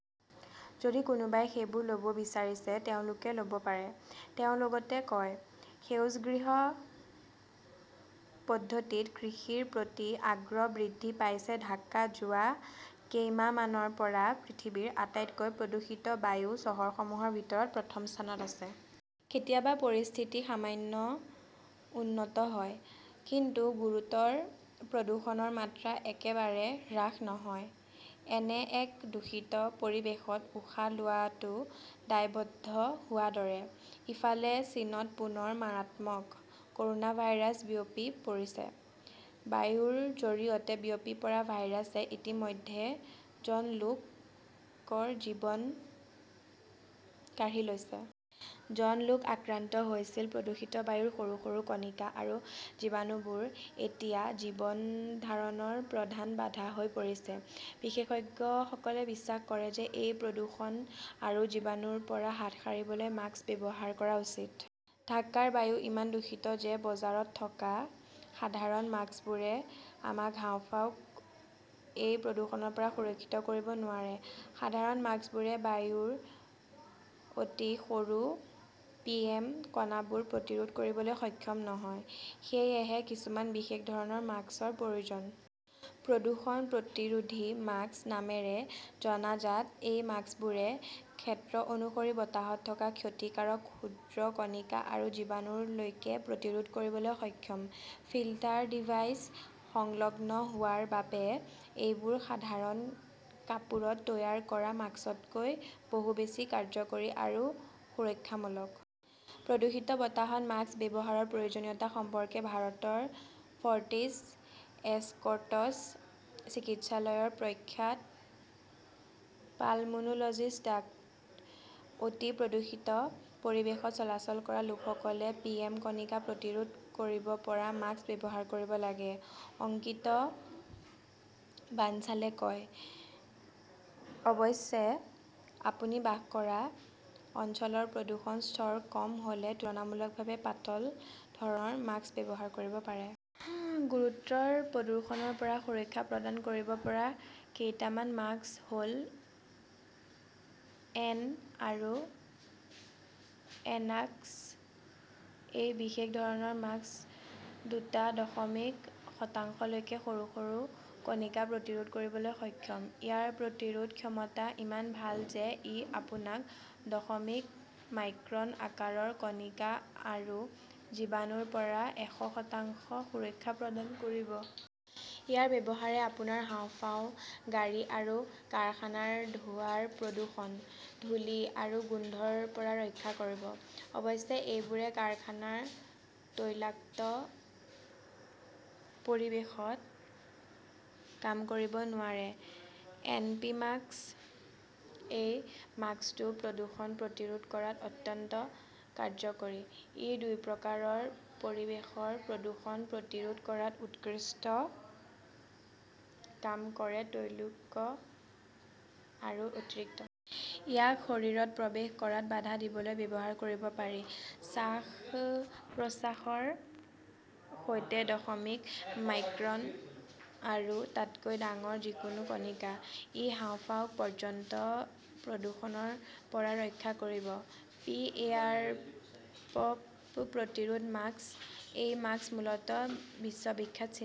"যদি কোনোবাই সেইবোৰ ল" ব বিচাৰে, তেওঁলোকে ল "ব পাৰে", তেওঁ লগতে কয়। সেউজ গৃহ পদ্ধতিত কৃষিৰ প্ৰতি আগ্ৰহ বৃদ্ধি পাইছে ঢাকা যোৱা কেইমাহমানৰ পৰা পৃথিৱীৰ আটাইতকৈ প্ৰদূষিত বায়ু চহৰসমূহৰ ভিতৰত প্ৰথম স্থানত আছে। কেতিয়াবা পৰিস্থিতি সামান্য উন্নত হয়, কিন্তু গুৰুতৰ প্ৰদূষণৰ মাত্ৰা একেবাৰে হ্ৰাস নহয়। এনে এক দূষিত পৰিৱেশত উশাহ লোৱাটো দায়বদ্ধ হোৱাৰ দৰে। ইফালে, চীনত পুনৰ মাৰাত্মক "কৰোনাভাইৰাছ" বিয়পি পৰিছে। বায়ুৰ জৰিয়তে বিয়পি পৰা ভাইৰাছে ইতিমধ্যে জন লোকৰ জীৱন কাঢ়ি লৈছে।, জন লোক আক্ৰান্ত হৈছিল। প্ৰদূষিত বায়ুৰ সৰু সৰু কণিকা আৰু জীৱাণুবোৰ এতিয়া জীৱন ধাৰণৰ প্ৰধান বাধা হৈ পৰিছে। বিশেষজ্ঞসকলে বিশ্বাস কৰে যে এই প্ৰদূষণ আৰু জীৱাণুৰ পৰা হাত সাৰিবলৈ মাস্ক ব্যৱহাৰ কৰা উচিত। ঢাকাৰ বায়ু ইমান দূষিত যে বজাৰত থকা সাধাৰণ মাস্কবোৰে আমাৰ হাঁওফাঁওক এই প্ৰদূষণৰ পৰা সুৰক্ষিত কৰিব নোৱাৰে। সাধাৰণ মাস্কবোৰে বায়ুৰ অতি সৰু "পিএম " কণাবোৰ প্ৰতিৰোধ কৰিবলৈ সক্ষম নহয়। সেয়েহে কিছুমান বিশেষ ধৰণৰ মাস্কৰ প্ৰয়োজন। "প্ৰদূষণ প্ৰতিৰোধী মাস্ক" নামেৰে জনাজাত এই মাস্কবোৰে ক্ষেত্ৰ অনুসৰি বতাহত থকা ক্ষতিকাৰক ক্ষুদ্ৰ কণিকা আৰু জীৱাণুৰ লৈকে প্ৰতিৰোধ কৰিবলৈ সক্ষম। "ফিল্টাৰ ডিভাইচ" সংলগ্ন হোৱাৰ বাবে এইবোৰ সাধাৰণ কাপোৰত তৈয়াৰ কৰা মাস্কতকৈ বহু বেছি কাৰ্যকৰী আৰু সুৰক্ষামূলক। প্ৰদূষিত বতাহত মাস্ক ব্যৱহাৰৰ প্ৰয়োজনীয়তা সম্পৰ্কে ভাৰতৰ ফৰ্টিছ এছকৰ্টছ চিকিৎসালয়ৰ প্ৰখ্যাত পালমোনোলজিষ্ট ডাঃ। "অতি প্ৰদূষিত পৰিৱেশত চলাচল কৰা লোকসকলে পিএম কণিকা প্ৰতিৰোধ কৰিব পৰা মাস্ক ব্যৱহাৰ কৰিব লাগে", অঙ্কিত বানছালে কয়। অৱশ্যে, আপুনি বাস কৰা অঞ্চলৰ প্ৰদূষণৰ স্তৰ কম হ "লে তুলনামূলকভাৱে পাতল ধৰণৰ মাস্ক ব্যৱহাৰ কৰিব পাৰে। "গুৰুতৰ প্ৰদূষণৰ পৰা সুৰক্ষা প্ৰদান কৰিব পৰা কেইটামান মাস্ক হ" ল-এন আৰু এন াস্কঃ এই বিশেষ ধৰণৰ মাস্ক দুটা দশমিক শতাংশলৈকে সৰু সৰু কণিকা প্ৰতিৰোধ কৰিবলৈ সক্ষম। ইয়াৰ প্ৰতিৰোধ ক্ষমতা ইমান ভাল যে ই আপোনাক দশমিক মাইক্ৰন আকাৰৰ কণিকা আৰু জীৱাণুৰ পৰা এশ শতাংশ সুৰক্ষা প্ৰদান কৰিব। ইয়াৰ ব্যৱহাৰে আপোনাৰ হাঁওফাঁও-গাড়ী আৰু কাৰখানাৰ ধোঁৱাৰ প্ৰদূষণ, ধূলি আৰু গোন্ধৰ পৰা ৰক্ষা কৰিব। অৱশ্যে, এইবোৰে কাৰখানাৰ তৈলাক্ত পৰিৱেশত কাম কৰিব নোৱাৰে। এন পি মাস্কঃ এই মাস্কটো প্ৰদূষণ প্ৰতিৰোধ কৰাত অত্যন্ত কাৰ্যকৰী। ই দুই প্ৰকাৰৰ পৰিৱেশৰ প্ৰদূষণ প্ৰতিৰোধ কৰাত উৎকৃষ্ট কাম কৰে-তৈলাক্ত আৰু অতিৰিক্ত। ইয়াক শৰীৰত প্ৰৱেশ কৰাত বাধা দিবলৈ ব্যৱহাৰ কৰিব পাৰি, শ্বাস-প্ৰশ্বাসৰ সৈতে দশমিক মাইক্ৰন আৰু তাতকৈ ডাঙৰ যিকোনো কণিকা। ই হাঁওফাঁওক পৰ্যন্ত প্ৰদূষণৰ পৰা ৰক্ষা কৰিব। পি এয়াৰপপ প্ৰতিৰোধ মাস্কঃ এই মাস্ক মূলতঃ বিশ্ববিখ্যাত চীনা